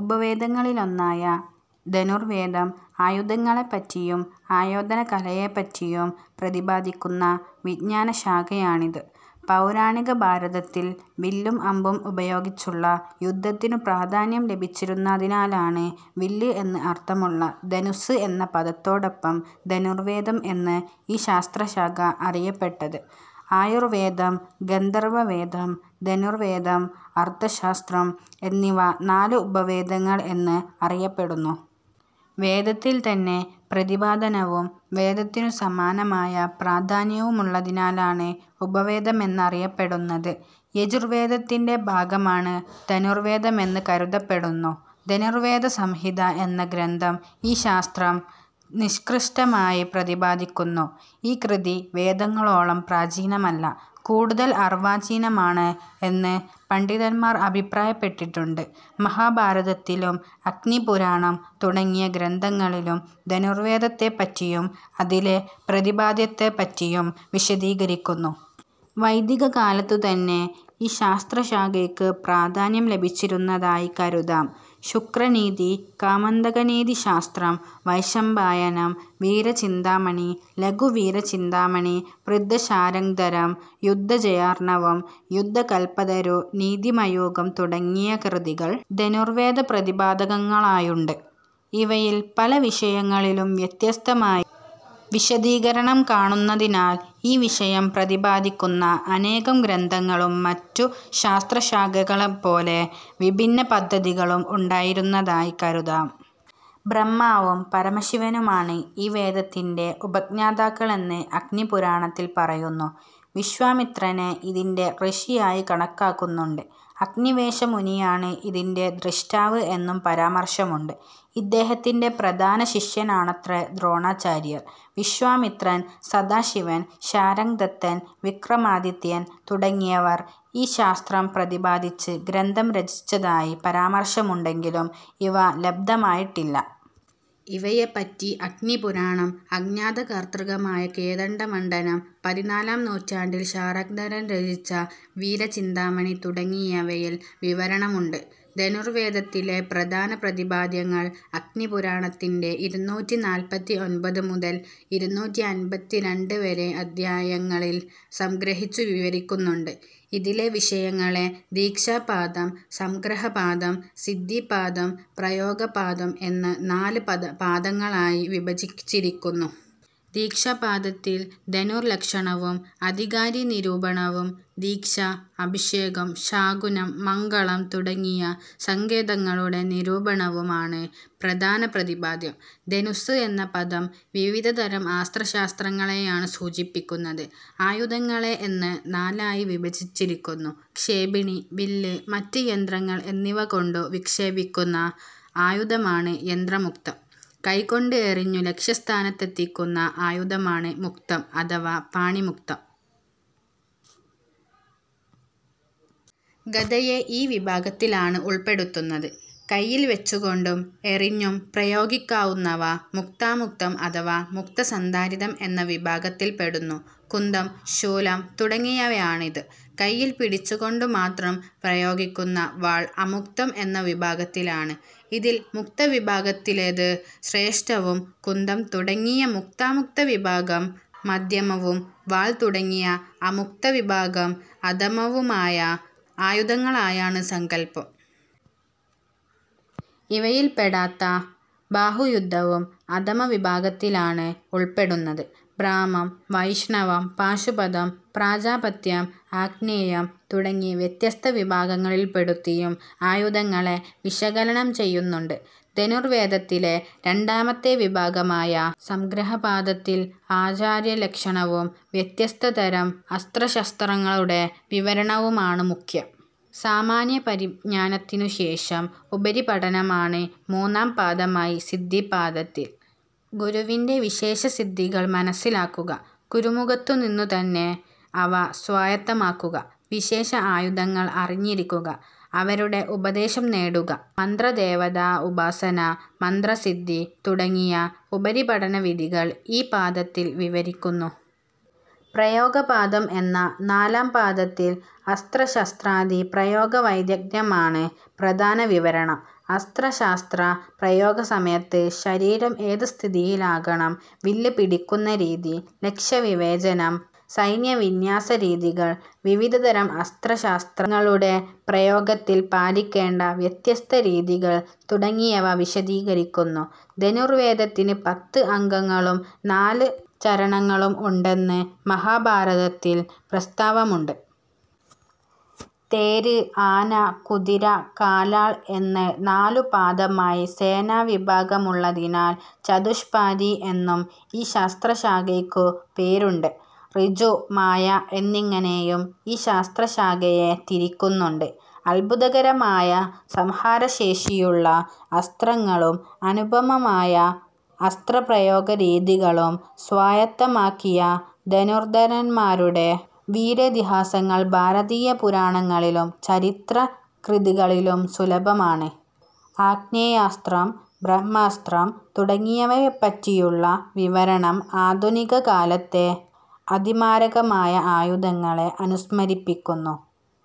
ഉപവേദങ്ങളിലൊന്നായ ധനുർവേദം ആയുധങ്ങളെപ്പറ്റിയും ആയോധനകലയെപ്പറ്റിയും പ്രതിപാദിക്കുന്ന വിജ്ഞാനശാഖയാണിത്. പൗരാണിക ഭാരതത്തിൽ വില്ലും അമ്പും ഉപയോഗിച്ചുള്ള യുദ്ധത്തിനു പ്രാധാന്യം ലഭിച്ചിരുന്നതിനാലാണ് വില്ല് എന്ന് അർഥമുള്ള ധനുസ്സ് എന്ന പദത്തോടൊപ്പം ധനുർവേദം എന്ന് ഈ ശാസ്ത്രശാഖ അറിയപ്പെട്ടത്. ആയുർവേദം, ഗാന്ധർവവേദം, ധനുർവേദം, അർഥശാസ്ത്രം എന്നിവ നാല് ഉപവേദങ്ങൾ എന്ന് അറിയപ്പെടുന്നു. വേദത്തിൽത്തന്നെ പ്രതിപാദനവും വേദത്തിനു സമാനമായ പ്രാധാന്യവുമുള്ളതിനാലാണ് ഉപവേദമെന്നറിയപ്പെടുന്നത്. യജുർവേദത്തിൻ്റെ ഭാഗമാണ് ധനുർവേദമെന്ന് കരുതപ്പെടുന്നു. ധനുർവേദസംഹിത എന്ന ഗ്രന്ഥം ഈ ശാസ്ത്രം നിഷ്കൃഷ്ടമായി പ്രതിപാദിക്കുന്നു. ഈ കൃതി വേദങ്ങളോളം പ്രാചീനമല്ല, കൂടുതൽ അർവാചീനമാണ് എന്ന് പണ്ഡിതന്മാർ അഭിപ്രായപ്പെട്ടിട്ടുണ്ട്. മഹാഭാരതത്തിലും അഗ്നിപുരാണം തുടങ്ങിയ ഗ്രന്ഥങ്ങളിലും ധനുർവേദത്തെപ്പറ്റിയും അതിലെ പ്രതിപാദ്യത്തെപ്പറ്റിയും വിശദീകരിക്കുന്നു. വൈദികകാലത്തു തന്നെ ഈ ശാസ്ത്ര ശാഖയ്ക്ക് പ്രാധാന്യം ലഭിച്ചിരുന്നതായി കരുതാം. ശുക്രനീതി, കാമന്ദകനീതിശാസ്ത്രം, വൈശമ്പായനം, വീരചിന്താമണി, ലഘുവീരചിന്താമണി, വൃദ്ധശാർങ്ഗധരം, യുദ്ധജയാർണവം, യുദ്ധകല്പതരു, നീതിമയൂഖം തുടങ്ങിയ കൃതികൾ ധനുർവേദപ്രതിപാദകങ്ങളായുണ്ട്. ഇവയിൽ പല വിഷയങ്ങളിലും വ്യത്യസ്തമായി വിശദീകരണം കാണുന്നതിനാൽ ഈ വിഷയം പ്രതിപാദിക്കുന്ന അനേകം ഗ്രന്ഥങ്ങളും മറ്റു ശാസ്ത്രശാഖകളെപ്പോലെ വിഭിന്ന പദ്ധതികളും ഉണ്ടായിരുന്നതായി കരുതാം. ബ്രഹ്മാവും പരമശിവനുമാണ് ഈ വേദത്തിൻ്റെ ഉപജ്ഞാതാക്കളെന്ന് അഗ്നിപുരാണത്തിൽ പറയുന്നു. വിശ്വാമിത്രനെ ഇതിൻ്റെ ഋഷിയായി കണക്കാക്കുന്നുണ്ട്. അഗ്നിവേശമുനിയാണ് ഇതിൻ്റെ ദ്രഷ്ടാവ് എന്നും പരാമർശമുണ്ട്. ഇദ്ദേഹത്തിൻ്റെ പ്രധാന ശിഷ്യനാണത്രെ ദ്രോണാചാര്യർ. വിശ്വാമിത്രൻ, സദാശിവൻ, ശാർങ്ഗദത്തൻ, വിക്രമാദിത്യൻ തുടങ്ങിയവർ ഈ ശാസ്ത്രം പ്രതിപാദിച്ച് ഗ്രന്ഥം രചിച്ചതായി പരാമർശമുണ്ടെങ്കിലും ഇവ ലബ്ധമായിട്ടില്ല. ഇവയെപ്പറ്റി അഗ്നിപുരാണം, അജ്ഞാതകർതൃകമായ കോദണ്ഡമണ്ഡനം, പതിനാലാം നൂറ്റാണ്ടിൽ ശാർങ്ഗധരൻ രചിച്ച വീരചിന്താമണി തുടങ്ങിയവയിൽ വിവരണമുണ്ട്. ധനുർവേദത്തിലെ പ്രധാന പ്രതിപാദ്യങ്ങൾ അഗ്നിപുരാണത്തിൻ്റെ ഇരുന്നൂറ്റി നാല്പത്തി ഒൻപത് മുതൽ ഇരുന്നൂറ്റി അൻപത്തി രണ്ട് വരെ അധ്യായങ്ങളിൽ സംഗ്രഹിച്ചു വിവരിക്കുന്നുണ്ട്. ഇതിലെ വിഷയങ്ങളെ ദീക്ഷാപാദം, സംഗ്രഹപാദം, സിദ്ധിപാദം, പ്രയോഗപാദം എന്ന് നാല് പദ പാദങ്ങളായി വിഭജിച്ചിരിക്കുന്നു. ദീക്ഷാപാദത്തിൽ ധനുർലക്ഷണവും അധികാരി നിരൂപണവും ദീക്ഷ, അഭിഷേകം, ശാകുനം, മംഗളം തുടങ്ങിയ സങ്കേതങ്ങളുടെ നിരൂപണവും ആണ് പ്രധാന പ്രതിപാദ്യം. ധനുസ്സ് എന്ന പദം വിവിധതരം അസ്ത്രശാസ്ത്രങ്ങളെയാണ് സൂചിപ്പിക്കുന്നത്. ആയുധങ്ങളെ എന്ന് നാലായി വിഭജിച്ചിരിക്കുന്നു. ക്ഷേപിണി, വില്ല്, മറ്റ് യന്ത്രങ്ങൾ എന്നിവകൊണ്ടു വിക്ഷേപിക്കുന്ന ആയുധമാണ് യന്ത്രമുക്തം. കൈകൊണ്ട് എറിഞ്ഞു ലക്ഷ്യസ്ഥാനത്തെത്തിക്കുന്ന ആയുധമാണ് മുക്തം അഥവാ പാണിമുക്തം. ഗദയെ ഈ വിഭാഗത്തിലാണ് ഉൾപ്പെടുത്തുന്നത്. കൈയിൽ വെച്ചുകൊണ്ടും എറിഞ്ഞും പ്രയോഗിക്കാവുന്നവ മുക്താമുക്തം അഥവാ മുക്തസന്ധാരിതം എന്ന വിഭാഗത്തിൽപ്പെടുന്നു. കുന്തം, ശൂലം തുടങ്ങിയവയാണിത്. കൈയിൽ പിടിച്ചുകൊണ്ടു മാത്രം പ്രയോഗിക്കുന്ന വാൾ അമുക്തം എന്ന വിഭാഗത്തിലാണ്. ഇതിൽ മുക്തവിഭാഗത്തിലേത് ശ്രേഷ്ഠവും കുന്തം തുടങ്ങിയ മുക്താമുക്ത വിഭാഗം മധ്യമവും വാൾ തുടങ്ങിയ അമുക്തവിഭാഗം അധമവുമായ ആയുധങ്ങളായാണ് സങ്കല്പം. ഇവയിൽപ്പെടാത്ത ബാഹുയുദ്ധവും അധമ വിഭാഗത്തിലാണ് ഉൾപ്പെടുന്നത്. ബ്രാഹ്മം, വൈഷ്ണവം, പാശുപതം, പ്രാജാപത്യം, ആഗ്നേയം തുടങ്ങി വ്യത്യസ്ത വിഭാഗങ്ങളിൽപ്പെടുത്തിയും ആയുധങ്ങളെ വിശകലനം ചെയ്യുന്നുണ്ട്. ധനുർവേദത്തിലെ രണ്ടാമത്തെ വിഭാഗമായ സംഗ്രഹപാദത്തിൽ ആചാര്യലക്ഷണവും വ്യത്യസ്ത തരം അസ്ത്രശസ്ത്രങ്ങളുടെ വിവരണവുമാണ് മുഖ്യം. സാമാന്യപരിജ്ഞാനത്തിനുശേഷം ഉപരിപഠനമാണ് മൂന്നാം പാദമായ സിദ്ധിപാദത്തിൽ. ഗുരുവിൻ്റെ വിശേഷസിദ്ധികൾ മനസ്സിലാക്കുക; ഗുരുമുഖത്തു നിന്നുതന്നെ അവ സ്വായത്തമാക്കുക, വിശേഷ ആയുധങ്ങൾ അറിഞ്ഞിരിക്കുക, അവരുടെ ഉപദേശം നേടുക, മന്ത്രദേവതാഉപാസന, മന്ത്രസിദ്ധി തുടങ്ങിയ ഉപരിപഠന വിധികൾ ഈ പാദത്തിൽ വിവരിക്കുന്നു. പ്രയോഗപാദം എന്ന നാലാം പാദത്തിൽ അസ്ത്രശസ്ത്രാദി പ്രയോഗവൈദഗ്ദ്ധ്യമാണ് പ്രധാന വിവരണം. അസ്ത്ര ശാസ്ത്ര പ്രയോഗ സമയത്ത് ശരീരം ഏതു സ്ഥിതിയിലാകണം, വില്ല് പിടിക്കുന്ന രീതി, ലക്ഷ്യവിവേചനം, സൈന്യവിന്യാസരീതികൾ, വിവിധതരം അസ്ത്ര ശാസ്ത്രങ്ങളുടെ പ്രയോഗത്തിൽ പാലിക്കേണ്ട വ്യത്യസ്ത രീതികൾ തുടങ്ങിയവ വിശദീകരിക്കുന്നു. ധനുർവേദത്തിന് പത്ത് അംഗങ്ങളും നാല് ചരണങ്ങളും ഉണ്ടെന്ന് മഹാഭാരതത്തിൽ പ്രസ്താവമുണ്ട്. തേര്, ആന, കുതിര, കാലാൾ എന്ന് നാലു പാദമായി സേനാവിഭാഗമുള്ളതിനാൽ ചതുഷ്പാദി എന്നും ഈ ശാസ്ത്രശാഖയ്ക്കു പേരുണ്ട്. ഋജു, മായ എന്നിങ്ങനെയും ഈ ശാസ്ത്രശാഖയെ തിരിക്കുന്നുണ്ട്. അത്ഭുതകരമായ സംഹാരശേഷിയുള്ള അസ്ത്രങ്ങളും അനുപമമായ അസ്ത്രപ്രയോഗരീതികളും സ്വായത്തമാക്കിയ ധനുർധരന്മാരുടെ വീരേതിഹാസങ്ങൾ ഭാരതീയ പുരാണങ്ങളിലും ചരിത്ര കൃതികളിലും സുലഭമാണ്. ആഗ്നേയാസ്ത്രം, ബ്രഹ്മാസ്ത്രം തുടങ്ങിയവയെപ്പറ്റിയുള്ള വിവരണം ആധുനികകാലത്തെ അതിമാരകമായ ആയുധങ്ങളെ അനുസ്മരിപ്പിക്കുന്നു.